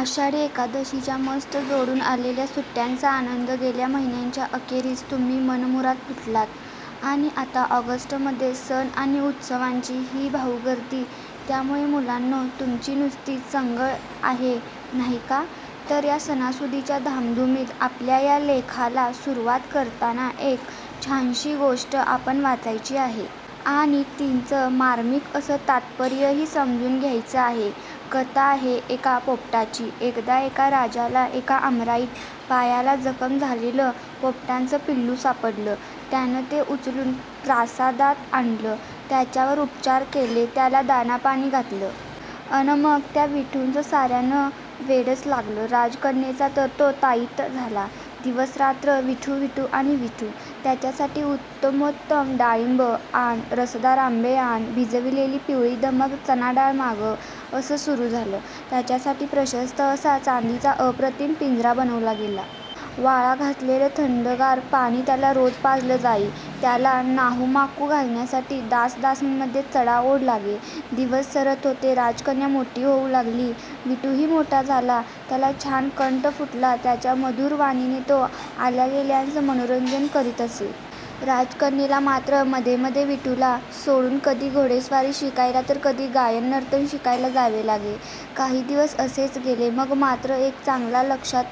आषाढी एकादशीच्या मस्त जोडून आलेल्या सुट्ट्यांचा आनंद गेल्या महिन्याच्या अखेरीस तुम्ही मनमुराद लुटलात आणि आता ऑगस्टमध्ये सण आणि उत्सवांची हीऽऽ भाऊगर्दी! त्यामुळे मुलांनो, तुमची नुसती चंगळ आहे नाही का? तर या सणासुदीच्या धामधुमीत आपल्या या लेखाला सुरुवात करताना एक छानशी गोष्ट आपण वाचायची आहे. आणि तिचं मार्मिक असं तात्पर्यही समजून घ्यायचं आहे. कथा आहे एका पोपटाची. एकदा एका राजाला, एका आमराईत पायाला जखम झालेलं पोपटाचं पिल्लू सापडलं. त्यानं ते उचलून प्रासादात आणलं. त्याच्यावर उपचार केले. त्याला दाणापाणी घातलं. अन् मग त्या विठूचं साऱ्यांना वेडच लागलं. राजकन्येचा तर तो ताईत झाला. दिवसरात्र विठू, विठू आणि विठू. त्याच्यासाठी उत्तमोत्तम डाळिंबं आण, रसदार आंबे आण, भिजविलेली पिवळीधम्मक चणाडाळ मागव; असं सुरू झालं. त्याच्यासाठी प्रशस्त असा चांदीचा अप्रतिम पिंजरा बनवला गेला. वाळा घातलेलं थंडगार पाणी त्याला रोज पाजलं जाई. त्याला न्हाऊमाखू घालण्यासाठी दासदासींमध्ये चढाओढ लागे. दिवस सरत होते. राजकन्या मोठी होऊ लागली. विठूही मोठा झाला. त्याला छान कंठ फुटला. त्याच्या मधुर वाणीने तो आल्यागेल्याचं मनोरंजन करीत असे. राजकन्येला मात्र मध्येमध्ये विठूला सोडून कधी घोडेस्वारी शिकायला तर कधी गायन-नर्तन शिकायला जावे लागे. काही दिवस असेच गेले. मग मात्र एक चांगला लक्षात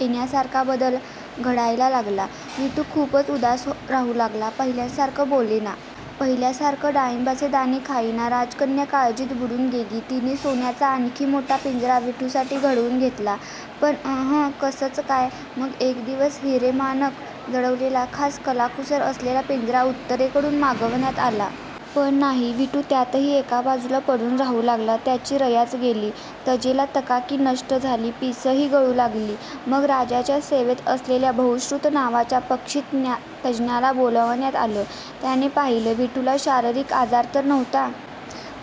येण्यासारखा बदल घडायला लागला. विठू खूपच उदास राहू लागला. पहिल्यासारखं बोलेना. पहिल्यासारखं डाळिंबाचे दाणे खाईना. राजकन्या काळजीत बुडून गेली. तिने सोन्याचा आणखी मोठा पिंजरा विठूसाठी घडवून घेतला. पण अं हं! कसचं काय! मग एक दिवस हिरे-माणकं जडवलेला, खास कलाकुसर असलेला पिंजरा उत्तरेकडून मागवण्यात आला. पण नाही, विठू त्यातही एका बाजूला पडून राहू लागला. त्याची रयाच गेली. तजेला, तकाकी नष्ट झाली. पिसंही गळू लागली. मग राजाच्या सेवेत असलेल्या बहुश्रुत नावाच्या पक्षितज्ज्ञाला बोलावण्यात आलं. त्याने पाहिलं. विठूला शारीरिक आजार तर नव्हता.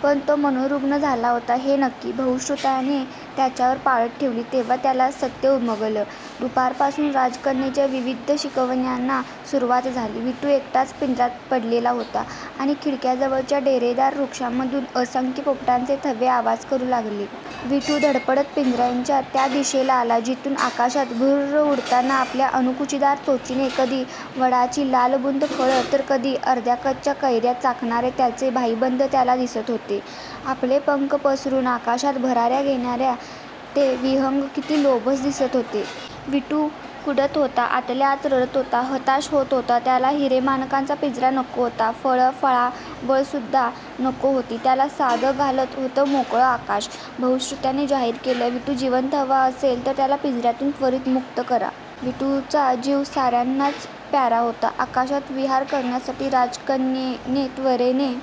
पण तो मनोरुग्ण झाला होता, हे नक्की. बहुश्रुताने त्याच्यावर पाळत ठेवली. तेव्हा त्याला सत्य उमगलं. दुपारपासून राजकन्येच्या विविध शिकवण्यांना सुरुवात झाली. विठू एकटाच पिंजऱ्यात पडलेला होता आणि खिडकीजवळच्या डेरेदार वृक्षांमधून असंख्य पोपटांचे थवे आवाज करू लागले. विठू धडपडत पिंजऱ्याच्या त्या दिशेला आला, जिथून आकाशात भुर्र उडताना आपल्या अणकुचीदार चोचीने कधी वडाची लालबुंद फळं, तर कधी अर्ध्याकच्च्या कैऱ्या चाखणारे त्याचे भाईबंद त्याला दिसत होते. आपले पंख पसरून आकाशात भराऱ्या घेणारे ते विहंग किती लोभस दिसत होते! विठू कुढत होता. आतल्या आत रडत होता. हताश होत होता. त्याला हिरे-माणकांचा पिंजरा नको होता. फळफळावळसुद्धा नको होती. त्याला साद घालत होतं मोकळं आकाश. बहुश्रुताने जाहीर केलं, विठू जिवंत हवा असेल, तर त्याला पिंजऱ्यातून त्वरित मुक्त करा. विठूचा जीव साऱ्यांनाच प्यारा होता. आकाशात विहार करण्यासाठी राजकन्येने त्वरेने